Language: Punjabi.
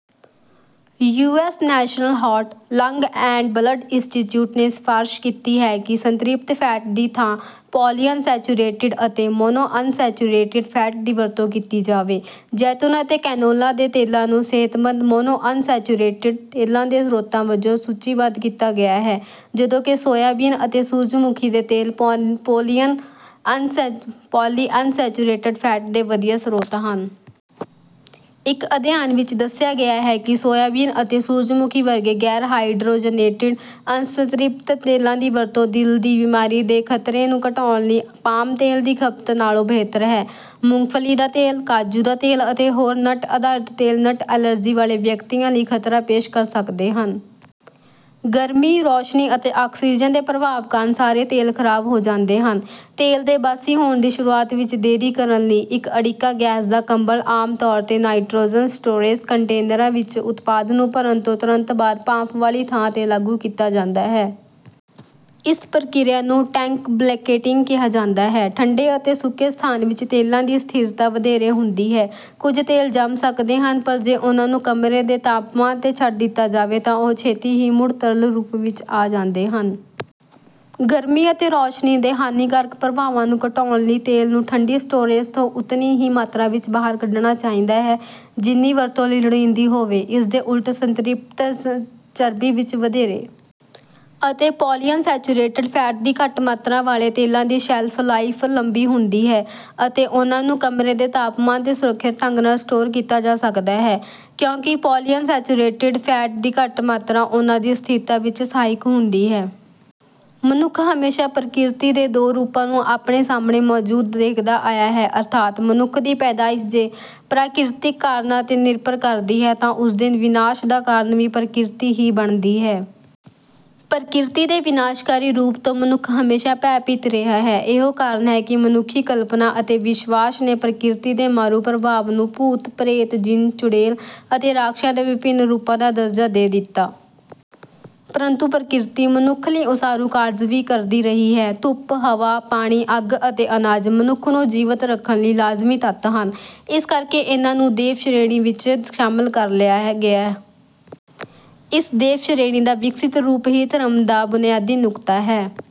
US National Heart, Lung and Blood Institute ਨੇ ਸਿਫ਼ਾਰਸ਼ ਕੀਤੀ ਹੈ ਕਿ ਸੰਤ੍ਰਿਪਤ ਫੈਟ ਦੀ ਥਾਂ ਪੌਲੀਅਨਸੈਚੁਰੇਟਿਡ ਅਤੇ ਮੋਨੋਅਨਸੈਚੁਰੇਟਿਡ ਫੈਟ ਦੀ ਵਰਤੋਂ ਕੀਤੀ ਜਾਵੇ। ਜੈਤੂਨ ਅਤੇ ਕੈਨੋਲਾ ਦੇ ਤੇਲਾਂ ਨੂੰ ਸਿਹਤਮੰਦ ਮੋਨੋਅਨਸੈਚੁਰੇਟਿਡ ਤੇਲਾਂ ਦੇ ਸਰੋਤਾਂ ਵਜੋਂ ਸੂਚੀਬੱਧ ਕੀਤਾ ਗਿਆ ਹੈ, ਜਦੋਂਕਿ ਸੋਇਆਬੀਨ ਅਤੇ ਸੂਰਜਮੁਖੀ ਦੇ ਤੇਲ ਪੌਲੀਅਨਸੈਚੁਰੇਟਿਡ ਫੈਟ ਦੇ ਵਧੀਆ ਸਰੋਤ ਹਨ। ਇੱਕ ਅਧਿਐਨ ਵਿੱਚ ਦੱਸਿਆ ਗਿਆ ਹੈ ਕਿ ਸੋਇਆਬੀਨ ਅਤੇ ਸੂਰਜਮੁਖੀ ਵਰਗੇ ਗੈਰ-ਹਾਈਡਰੋਜਨੇਟਿਡ ਅਸੰਤ੍ਰਿਪਤ ਤੇਲਾਂ ਦੀ ਵਰਤੋਂ ਦਿਲ ਦੀ ਬਿਮਾਰੀ ਦੇ ਖ਼ਤਰੇ ਨੂੰ ਘਟਾਉਣ ਲਈ ਪਾਮ ਤੇਲ ਦੀ ਖਪਤ ਨਾਲੋਂ ਬਿਹਤਰ ਹੈ। ਮੂੰਗਫਲੀ ਦਾ ਤੇਲ, ਕਾਜੂ ਦਾ ਤੇਲ ਅਤੇ ਹੋਰ ਨਟ-ਆਧਾਰਿਤ ਤੇਲ ਨਟ ਐਲਰਜੀ ਵਾਲੇ ਵਿਅਕਤੀਆਂ ਲਈ ਖ਼ਤਰਾ ਪੇਸ਼ ਕਰ ਸਕਦੇ ਹਨ। ਗਰਮੀ, ਰੌਸ਼ਨੀ ਅਤੇ ਆਕਸੀਜਨ ਦੇ ਪ੍ਰਭਾਵ ਕਾਰਨ ਸਾਰੇ ਤੇਲ ਖ਼ਰਾਬ ਹੋ ਜਾਂਦੇ ਹਨ। ਤੇਲ ਦੇ ਬਾਸੀ ਹੋਣ ਦੀ ਸ਼ੁਰੂਆਤ ਵਿੱਚ ਦੇਰੀ ਕਰਨ ਲਈ, ਇੱਕ ਅੜਿੱਕਾ ਗੈਸ ਦਾ ਕੰਬਲ, ਆਮ ਤੌਰ ’ਤੇ ਨਾਈਟ੍ਰੋਜਨ, ਸਟੋਰੇਜ ਕੰਟੇਨਰਾਂ ਵਿੱਚ ਉਤਪਾਦ ਨੂੰ ਭਰਨ ਤੋਂ ਤੁਰੰਤ ਬਾਅਦ ਭਾਫ਼ ਵਾਲੀ ਥਾਂ ’ਤੇ ਲਾਗੂ ਕੀਤਾ ਜਾਂਦਾ ਹੈ। ਇਸ ਪ੍ਰਕਿਰਿਆ ਨੂੰ ‘ਟੈਂਕ ਬਲੈਂਕੇਟਿੰਗ’ ਕਿਹਾ ਜਾਂਦਾ ਹੈ। ਠੰਢੇ ਅਤੇ ਸੁੱਕੇ ਸਥਾਨ ਵਿੱਚ ਤੇਲਾਂ ਦੀ ਸਥਿਰਤਾ ਵਧੇਰੇ ਹੁੰਦੀ ਹੈ। ਕੁਝ ਤੇਲ ਜੰਮ ਸਕਦੇ ਹਨ, ਪਰ ਜੇ ਉਨ੍ਹਾਂ ਨੂੰ ਕਮਰੇ ਦੇ ਤਾਪਮਾਨ ’ਤੇ ਛੱਡ ਦਿੱਤਾ ਜਾਵੇ ਤਾਂ ਉਹ ਛੇਤੀ ਹੀ ਮੁੜ ਤਰਲ ਰੂਪ ਵਿੱਚ ਆ ਜਾਂਦੇ ਹਨ। ਗਰਮੀ ਅਤੇ ਰੌਸ਼ਨੀ ਦੇ ਹਾਨੀਕਾਰਕ ਪ੍ਰਭਾਵਾਂ ਨੂੰ ਘਟਾਉਣ ਲਈ ਤੇਲ ਨੂੰ ਠੰਢੀ ਸਟੋਰੇਜ ਤੋਂ ਉਤਨੀ ਹੀ ਮਾਤਰਾ ਵਿੱਚ ਬਾਹਰ ਕੱਢਣਾ ਚਾਹੀਦਾ ਹੈ, ਜਿੰਨੀ ਵਰਤੋਂ ਲਈ ਲੋੜੀਂਦੀ ਹੋਵੇ। ਇਸਦੇ ਉਲਟ, ਸੰਤ੍ਰਿਪਤ ਚਰਬੀ ਵਿੱਚ ਵਧੇਰੇ ਅਤੇ ਪੌਲੀਅਨਸੈਚੁਰੇਟਿਡ ਫੈਟ ਦੀ ਘੱਟ ਮਾਤਰਾ ਵਾਲੇ ਤੇਲਾਂ ਦੀ ਸ਼ੈਲਫ ਲਾਈਫ ਲੰਬੀ ਹੁੰਦੀ ਹੈ ਅਤੇ ਉਨ੍ਹਾਂ ਨੂੰ ਕਮਰੇ ਦੇ ਤਾਪਮਾਨ ’ਤੇ ਸੁਰੱਖਿਅਤ ਢੰਗ ਨਾਲ ਸਟੋਰ ਕੀਤਾ ਜਾ ਸਕਦਾ ਹੈ, ਕਿਉਂਕਿ ਪੌਲੀਅਨਸੈਚੁਰੇਟਿਡ ਫੈਟ ਦੀ ਘੱਟ ਮਾਤਰਾ ਉਨ੍ਹਾਂ ਦੀ ਸਥਿਰਤਾ ਵਿੱਚ ਸਹਾਇਕ ਹੁੰਦੀ ਹੈ। ਮਨੁੱਖ ਹਮੇਸ਼ਾਂ ਪ੍ਰਕਿਰਤੀ ਦੇ ਦੋ ਰੂਪਾਂ ਨੂੰ ਆਪਣੇ ਸਾਹਮਣੇ ਮੌਜੂਦ ਦੇਖਦਾ ਆਇਆ ਹੈ, ਅਰਥਾਤ, ਮਨੁੱਖ ਦੀ ਪੈਦਾਇਸ਼ ਜੇ ਪ੍ਰਾਕਿਰਤਿਕ ਕਾਰਨਾਂ ’ਤੇ ਨਿਰਭਰ ਕਰਦੀ ਹੈ ਤਾਂ ਉਸ ਦੇ ਵਿਨਾਸ਼ ਦਾ ਕਾਰਨ ਵੀ ਪ੍ਰਕਿਰਤੀ ਹੀ ਬਣਦੀ ਹੈ। ਪ੍ਰਕਿਰਤੀ ਦੇ ਵਿਨਾਸ਼ਕਾਰੀ ਰੂਪ ਤੋਂ ਮਨੁੱਖ ਹਮੇਸ਼ਾਂ ਭੈਭੀਤ ਰਿਹਾ ਹੈ। ਇਹੋ ਕਾਰਨ ਹੈ ਕਿ ਮਨੁੱਖੀ ਕਲਪਨਾ ਅਤੇ ਵਿਸ਼ਵਾਸ ਨੇ ਪ੍ਰਕਿਰਤੀ ਦੇ ਮਾਰੂ ਪ੍ਰਭਾਵ ਨੂੰ ਭੂਤ, ਪ੍ਰੇਤ, ਜਿੰਨ, ਚੁੜੇਲ ਅਤੇ ਰਾਖਸ਼ਾਂ ਦੇ ਵਿਭਿੰਨ ਰੂਪਾਂ ਦਾ ਦਰਜਾ ਦੇ ਦਿੱਤਾ। ਪਰੰਤੂ ਪ੍ਰਕਿਰਤੀ ਮਨੁੱਖ ਲਈ ਉਸਾਰੂ ਕਾਰਜ ਵੀ ਕਰਦੀ ਰਹੀ ਹੈ। ਧੁੱਪ, ਹਵਾ, ਪਾਣੀ, ਅੱਗ ਅਤੇ ਅਨਾਜ ਮਨੁੱਖ ਨੂੰ ਜੀਵਤ ਰੱਖਣ ਲਈ ਲਾਜ਼ਮੀ ਤੱਤ ਹਨ। ਇਸ ਕਰਕੇ ਇਨ੍ਹਾਂ ਨੂੰ ‘ਦੇਵ’ ਸ਼੍ਰੇਣੀ ਵਿੱਚ ਸ਼ਾਮਲ ਕਰ ਲਿਆ ਗਿਆ। ਇਸ ‘ਦੇਵ’ ਸ਼੍ਰੇਣੀ ਦਾ ਵਿਕਸਤ ਰੂਪ ਹੀ ਧਰਮ ਦਾ ਬੁਨਿਆਦੀ ਨੁਕਤਾ ਹੈ।